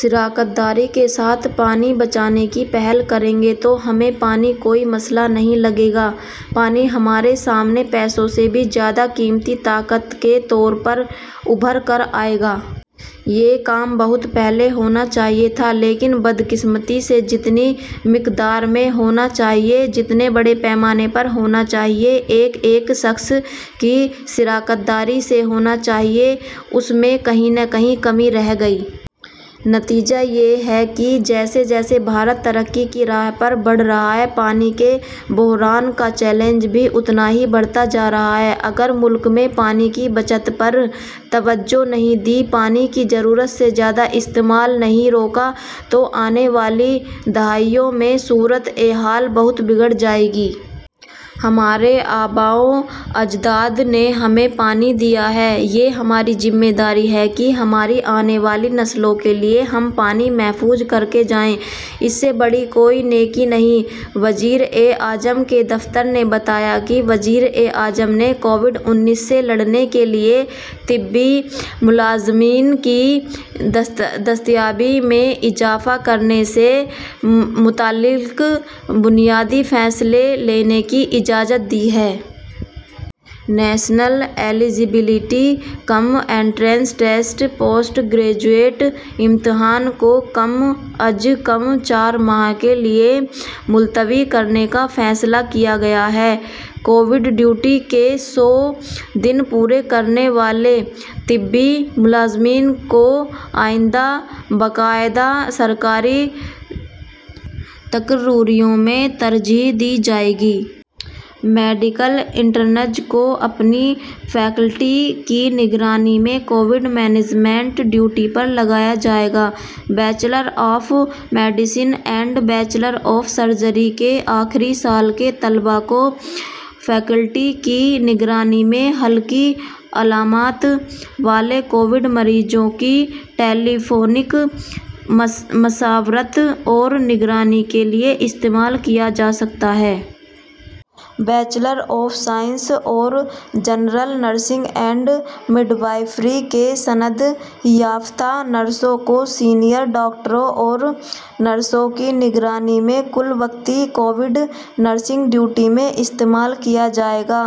شراکت داری کے ساتھ پانی بچانے کی پہل کریں گے تو ہمیں پانی کوئی مسئلہ نہیں لگے گا، پانی ہمارے سامنے پیسوں سے بھی زیادہ قیمتی طاقت کے طور پر ابھر کر آئے گا۔ یہ کام بہت پہلے ہونا چاہیے تھا، لیکن بدقسمتی سے جتنی مقدار میں ہونا چاہیے، جتنے بڑے پیمانے پر ہونا چاہیے، ایک ایک شخص کی شراکت داری سے ہونا چاہیے، اس میں کہیں نہ کہیں کمی رہ گئی۔ نتیجہ یہ ہے کہ جیسے جیسے بھارت ترقی کی راہ پر بڑھ رہا ہے، پانی کے بحران کا چیلنج بھی اتنا ہی بڑھتا جا رہا ہے۔ اگر ملک میں پانی کی بچت پر توجہ نہیں دی، پانی کا ضرورت سے زیادہ استعمال نہیں روکا، تو آنے والی دہائیوں میں صورت حال بہت بگڑ جائے گی۔ ہمارے آباؤ اجداد نے ہمیں پانی دیا ہے، یہ ہماری ذمہ داری ہے کہ ہماری آنے والی نسلوں کے لیے ہم پانی محفوظ کرکے جائیں۔ اس سے بڑی کوئی نیکی نہیں۔ وزیر اعظم کے دفتر نے بتایا کہ وزیر اعظم نے کووڈ انیس سے لڑنے کے لیے طبی ملازمین کی دستیابی میں اضافہ کرنے سے متعلق بنیادی فیصلے لینے کی اجازت دی ہے۔ National eligibility cum entrance test, post graduate امتحان کو کم از کم چار ماہ کے لیے ملتوی کرنے کا فیصلہ کیا گیا ہے۔ کووڈ ڈیوٹی کے سو دن پورے کرنے والے طبی ملازمین کو آئندہ باقاعدہ سرکاری تقرریوں میں ترجیح دی جائے گی۔ میڈیکل انٹرنز کو اپنی فیکلٹی کی نگرانی میں کووڈ مینجمنٹ ڈیوٹی پر لگایا جائے گا۔ Bachelor of medicine and bachelor of surgery کے آخری سال کے طلبہ کو فیکلٹی کی نگرانی میں ہلکی علامات والے کووڈ مریضوں کی ٹیلی فونک مشاورت اور نگرانی کے لیے استعمال کیا جا سکتا ہے۔ بیچلر آف سائنس اور جنرل نرسنگ اینڈ مڈوائفری کے سند یافتہ نرسوں کو سینئر ڈاکٹروں اور نرسوں کی نگرانی میں کل وقتی کووڈ نرسنگ ڈیوٹی میں استعمال کیا جائے گا۔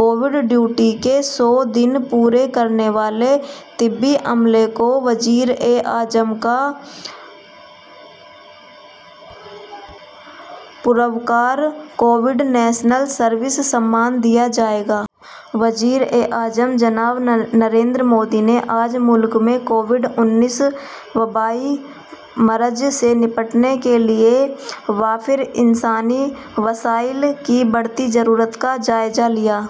کووڈ ڈیوٹی کے سو دن پورے کرنے والے طبی عملے کو وزیر اعظم کا پروقار کووڈ نیشنل سروس سمان دیا جائے گا۔ وزیر اعظم جناب نریندر مودی نے آج ملک میں کووڈ انیس وبائی مرض سے نمٹنے کے لیے وافر انسانی وسائل کی بڑھتی ضرورت کا جائزہ لیا۔